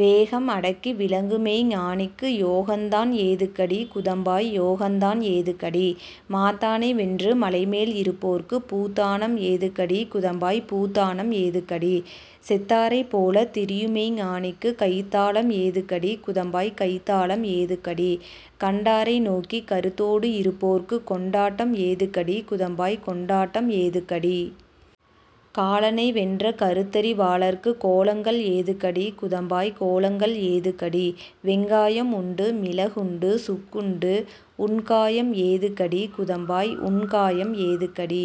வேகம் அடக்கி விளங்குமெய்ஞ் ஞானிக்கு யோகந்தான் ஏதுக்கடி குதம்பாய் யோகந்தான் ஏதுக்கடி? மாத்தானை வென்று மலைமேல் இருப்போர்க்குப் பூத்தானம் ஏதுக்கடி குதம்பாய் பூத்தானம் ஏதுக்கடி? செத்தாரைப் போலத் திரியுமெய்ஞ் ஞானிக்கு கைத்தாளம் ஏதுக்கடி குதம்பாய் கைத்தாளம் ஏதுக்கடி? கண்டாரை நோக்கிக் கருத்தோடு இருப்போர்க்குக் கொண்டாட்டம் ஏதுக்கடி குதம்பாய் கொண்டாட்டம் ஏதுக்கடி? காலனை வென்ற கருத்தறி வாளர்க்குக் கோலங்கள் ஏதுக்கடி குதம்பாய் கோலங்கள் ஏதுக்கடி? வெங்காயம் உண்டு மிளகுண்டு சுக்குண்டு உண்காயம் ஏதுக்கடி குதம்பாய் உண்காயம் ஏதுக்கடி?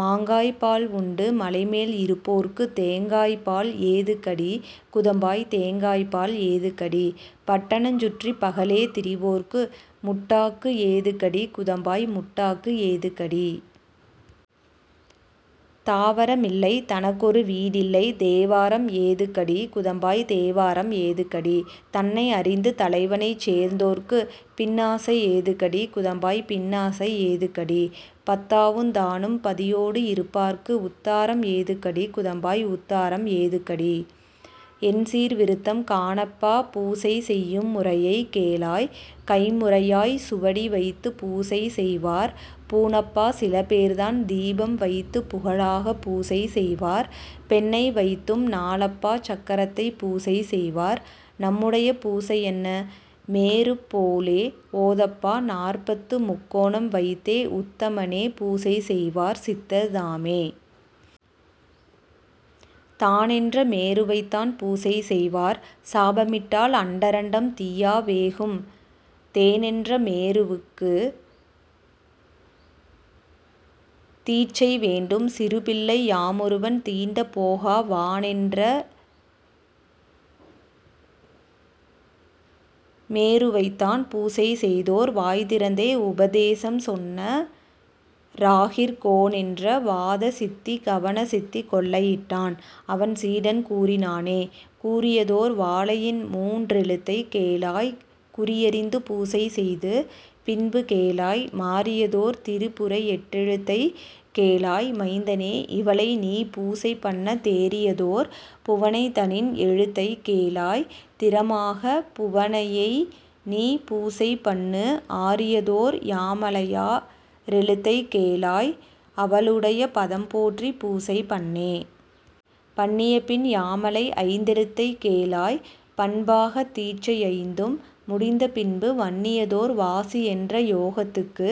மாங்காய்ப்பால் உண்டு மலைமேல் இருப்போர்க்குத் தேங்காய்ப்பால் ஏதுக்கடி குதம்பாய் தேங்காய்ப்பால் ஏதுக்கடி? பட்டணஞ் சுற்றிப் பகலே திரிவோர்க்கு முட்டாக்கு ஏதுக்கடி குதம்பாய் முட்டாக்கு ஏதுக்கடி? தாவரமில்லை தனக்கொரு வீடில்லை தேவாரம் ஏதுக்கடி குதம்பாய் தேவாரம் ஏதுக்கடி? தன்னை அறிந்து தலைவனைச் சேர்ந்தோர்க்குப் பின்னாசை ஏதுக்கடி குதம்பாய் பின்னாசை ஏதுக்கடி? பத்தாவுந் தானும் பதியோடு இருப்பார்க்கு உத்தாரம் ஏதுக்கடி குதம்பாய் உத்தாரம் ஏதுக்கடி? எண்சீர் விருத்தம் காணப்பா பூசைசெய்யும் முறையைக் கேளாய் கைம்முறையாய்ச் சுவடிவைத்துப் பூசை செய்வார் பூணப்பா சிலபேர்தான் தீபம் வைத்துப் புகழாகப் பூசை செய்வார் பெண்ணை வைத்தும் நாளப்பா சக்கரத்தைப் பூசை செய்வார் நம்முடைய பூசையென்ன மேருப் போலே ஓதப்பா நாற்பத்துமுக் கோணம் வைத்தே உத்தமனே பூசை செய்வார் சித்தர்தாமே. தானென்ற மேருவைத்தான் பூசை செய்வார் சாபமிட்டால் அண்டரண்டம் தீயா வேகும் தேனென்ற மேருவுக்குத் தீட்சை வேண்டும் சிறுபிள்ளை யாமொருவன் தீண்டப்போகா வானென்ற மேருவைத்தான் பூசை செய்தோர் வாய்திறந்தே உபதேசம் சொன்ன ராகிற் கோனென்ற வாதசித்தி கவன சித்தி கொள்ளையிட்டான் அவன் சீடன் கூறினானே. கூறியதோர் வாலையின்மூன் றெழுத்தைக் கேளாய் குறியறிந்து பூசை செய்து பின்பு கேளாய் மாறியதோர் திரிபுரையெட் டெழுத்தைக் கேளாய் மைந்தனே இவளை நீபூசை பண்ணத் தேறியதோர் புவனைதனின் எழுத்தைக் கேளாய் திறமாகப் புவனையைநீ பூசை பண்ணு ஆறியதோர் யாமளையா றெழுத்தை கேளாய் அவளுடைய பதம் போற்றிப் பூசைபண்ணே. பண்ணியபின் யாமளைஐந் தெழுத்தைக் கேளாய் பண்பாகத் தீட்சையைந்தும் முடிந்த பின்பு வண்ணியதோர் வாசியென்ற யோகத் துக்கு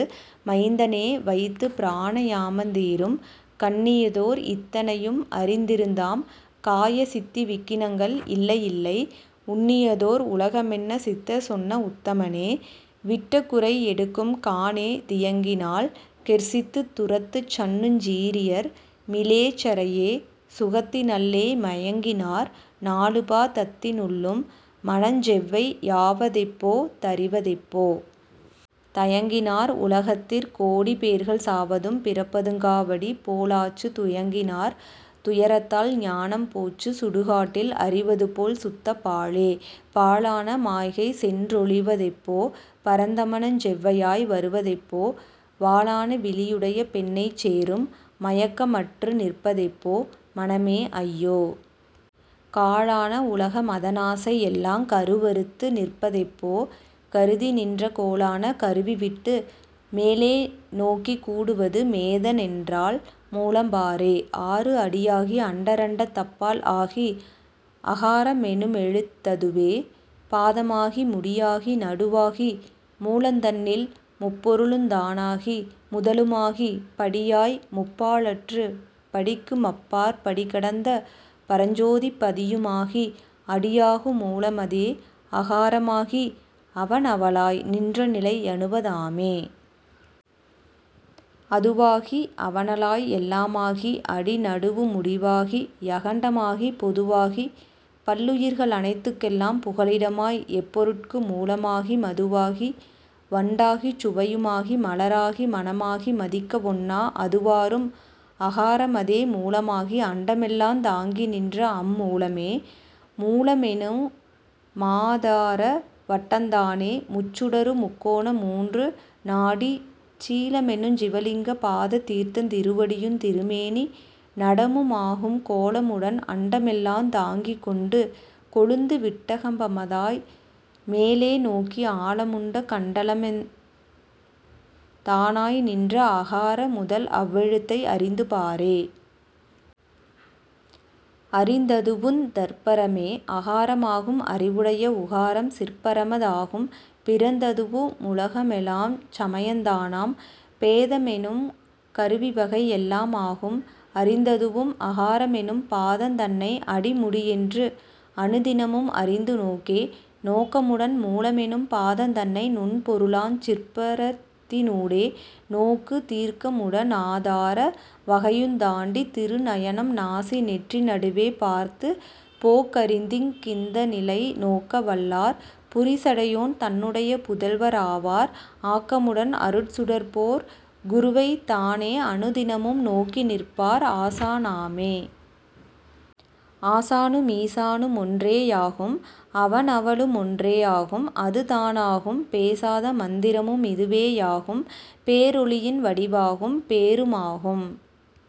மைந்தனே வைத்துப்ராணா யாமந் தீரும் கண்ணியதோர் இத்தனையும் அறிந்தி ருந்தாம் காயசித்தி விக்கினங்கள் இல்லை யில்லை உண்ணியதோர் உலகமென்ன சித்தர் சொன்ன உத்தமனே விட்டகுறை எடுக்கும் காணே தியங்கினால் கெர்சித்துத் துரத்துச் சண்ணுஞ் சீறியர் மிலேச்சரையே சுகத்தினள்ளே மயங்கினார் நாலுபா தத்தி னுள்ளும் மனஞ்செவ்வை யாவதெப்போ தறிவதெப்போ? தயங்கினார் உலகத்திற் கோடி பேர்கள் சாவதும் பிறப்பதுங்கா வடிபோ லாச்சு துயங்கினார் துயரத்தால் ஞானம் போச்சு சுடுகாட்டில் அறிவதுபோல் சுத்தப் பாழே. பாழான மாய்கைசென் றொழிவ தெப்போ? பரந் தமனஞ் செவ்வையாய் வருவ தெப்போ? வாளான விழியுடைய பெண்ணைச் சேரும் மயக்கமற்று நிற்பதெப்போ? மனமே ஐயோ? காழான உலகமத னாசை யெல்லாங் கருவறுத்து நிற்பதெப்போ? கருதி நின்ற கோளான கருவிவிட்டு மேலே நோக்கிக் கூடுவது மேதனென்றால் மூலம்பாரே. ஆறு அடியாகி அண்டரண்டத் தப்பால் ஆகி அகாரமெனுமெழுத் ததுவே பாதமாகி முடியாகி நடுவாகி மூலந் தன்னில் முப்பொருளுந் தானாகி முதலுமாகிப் படியாய்முப் பாழற்றுப் படிக்கு மப்பாற் படிகடந்த பரஞ்சோதிப் பதியுமாகி அடியாகு மூலமதே அகார மாகி அவனவளாய் நின்றநிலை யணுவ தாமே. அதுவாகி அவனளாய் எல்லா மாகி அடிநடுவு முடிவாகி யகண்ட மாகிப் பொதுவாகிப் பல்லுயிர்க ளனைத்துக் கெல்லாம் புகலிடமாய் எப்பொருட்கு மூலமாகி மதுவாகி வண்டாகிச் சுவையு மாகி மலராகி மணமாகி மதிக்க வொண்ணா அதுவாரும் அகாரமதே மூலமாகி அண்டமெல்லாந் தாங்கிநின்ற அம்மூலமே. மூலமெனு மாதார வட்டந் தானே முச்சுடரு முக்கோண மூன்று நாடிச் சீலமெனுஞ் சிவலிங்க பாத தீர்த்தந் திருவடியுந் திருமேனி நடமுமாகும் கோலமுடன் அன்ட மெல்லாந் தாங்கிக்கொண்டு கொழுந்து விட்டகம்பமதாய் மேலேநோக்கி ஆலமுண்ட கண்டமெலாந் தானாய் நின்ற அகாரமுதல் அவ்வெழுத்தை அறிந்துபாரே. அரிந்ததுவுந் தற்பரமே அகார மாகும் அறிவுடைய உகாரம்சிற் பரம தாகும் பிறந்ததுவு முலகமெலாஞ் சமயந் தானாம் பேதமெனுங் கருவிவகை யெல்லா மாகும் அறிந்ததுவும் அகாரமெனும் பாதந் தன்னை அடிமுடியென்று அனுதினமும் அறிந்து நோக்கே. நோக்கமுடன் மூலமெனும் பாதந் தன்னை நுண்பொருளாஞ் சிற்பரத்தினூடே நோக்கு தீர்க்கமுட னாதார வகையுந் தாண்டித் திருநயனம் நாசிநெற்றி நடுவே பார்த்துப் போக்கறிந்திங் கிந்தநிலை நோக்க வல்லார் புரிசடையோன் தன்னுடைய புதல்வ ராவார் ஆக்கமுடன் அருட்சுடர்போற் குருவைத் தானே அனுதினமும் நோக்கி நிற்பார் ஆசானாமே. ஆசானு மீசானு மொன்றே யாகும் அவனவளு மொன்றாகும் அது தானாகும் பேசாத மந்திரமு மிதுவே யாகும் பேரொளியின் வடிவாகும் பேரு மாகும்